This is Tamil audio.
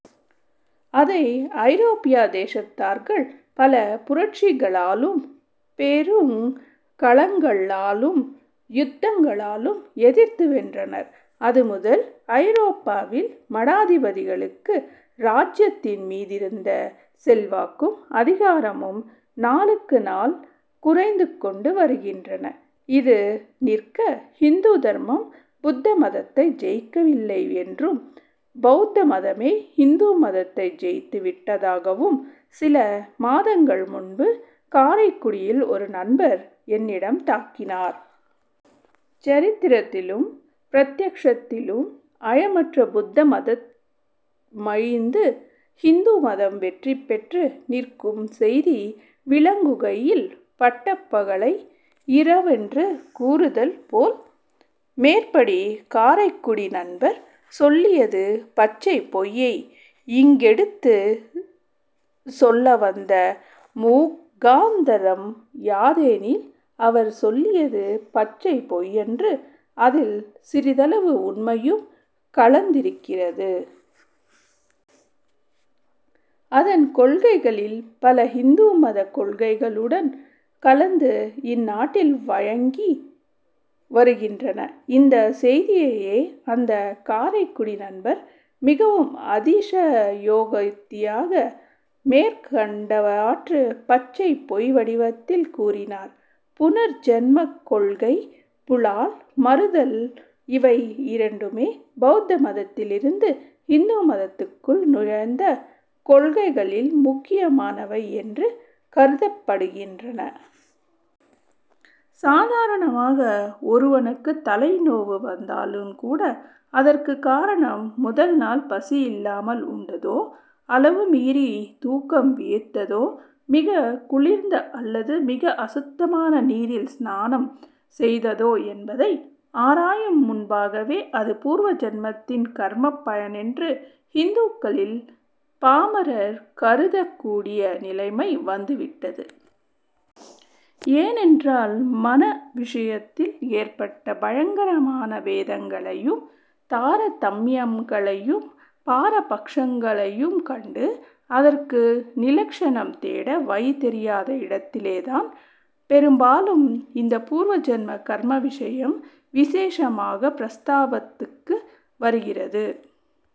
அதை ஐரோப்பிய தேசத்தார்கள் பல புரட்சிகளாலும், பெருங் கலகங்களாலும், யுத்தங்களாலும் எதிர்த்து வென்றனர். அது முதல் ஐரோப்பாவில் மடாதிபதிகளுக்கு ராஜ்யத்தின் மீதிருந்த செல்வாக்கும் அதிகாரமும் நாளுக்கு நாள் குறைந்து கொண்டு வருகின்றன. இது நிற்க. ஹிந்து தர்மம் புத்த மதத்தை ஜெயிக்கவில்லை யென்றும், பௌத்த மதமே ஹிந்து மதத்தை ஜெயித்து விட்டதாகவும் சில மாதங்கள் முன்பு, காரைக்குடியில் ஒரு நண்பர் என்னிடம் தாக்கினார். சரித்திரத்திலும் பிரத்யக்ஷத்திலும் ஐயமற புத்த மதமழிந்து, ஹிந்து மதம் வெற்றி பெற்று நிற்கும் செய்தி விளங்குகையில், பட்டப் பகலை இரவென்று கூறுதல் போல், மேற்படி காரைக்குடி நண்பர் சொல்லியது பச்சைப் பொய்யை இங்கெடுத்துச் சொல்லவந்த முகாந்தரம் யாதெனில் அவர் சொல்லியது பச்சை பொய்யன்று. அதில் சிறிதளவு உண்மையும் கலந்திருக்கிறது. அதன் கொள்கைகளில் பல ஹிந்து மதக் கொள்கைகளுடன் கலந்து இந்நாட்டில் வழங்கி வருகின்றன. இந்த செய்தியையே அந்த காரைக்குடி நண்பர் மிகவும் அதிச யோகதியாக மேற்கண்டவாறு பச்சைப் பொய் வடிவத்தில் கூறினார். புனர் ஜன்மக் கொள்கை, புலால் மறுதல் இவை இரண்டுமே பௌத்த மதத்திலிருந்து ஹிந்து மதத்துக்குள் நுழைந்த கொள்கைகளில் முக்கியமானவை என்று கருதப் படுகின்றன. சாதாரணமாக ஒருவனுக்குத்தலை நோவு வந்தாலுங்கூட, அதற்குக்காரணம் 'முதல்நாள் பசியில்லாமல் உண்டதோ, அளவு மீறித் தூக்கம் விழித்ததோ, மிகக் குளிர்ந்த அல்லது மிக அசுத்தமான நீரில் ஸ்நானம் செய்ததோ என்பதை ஆராயும் முன்பாகவே அது பூர்வ ஜன்மத்தின் கர்மப் பயனென்று ஹிந்துக்களில் பாமரர் கருதக்கூடிய நிலைமை வந்துவிட்டது. ஏனென்றால், மண விஷயத்தில் ஏற்பட்ட பயங்கரமான பேதங்களையும், தார தம்மியங்களையும், பாரபக்ஷங்களையும் கண்டு, அதற்கு நிவக்ஷணம் தேட வழி தெரியாத இடத்திலேதான், பெரும்பாலும் இந்தப் பூர்வ ஜன்ம கர்ம விஷயம் விசேஷமாகப் பிரஸ்தாபத்துக்கு வருகிறது.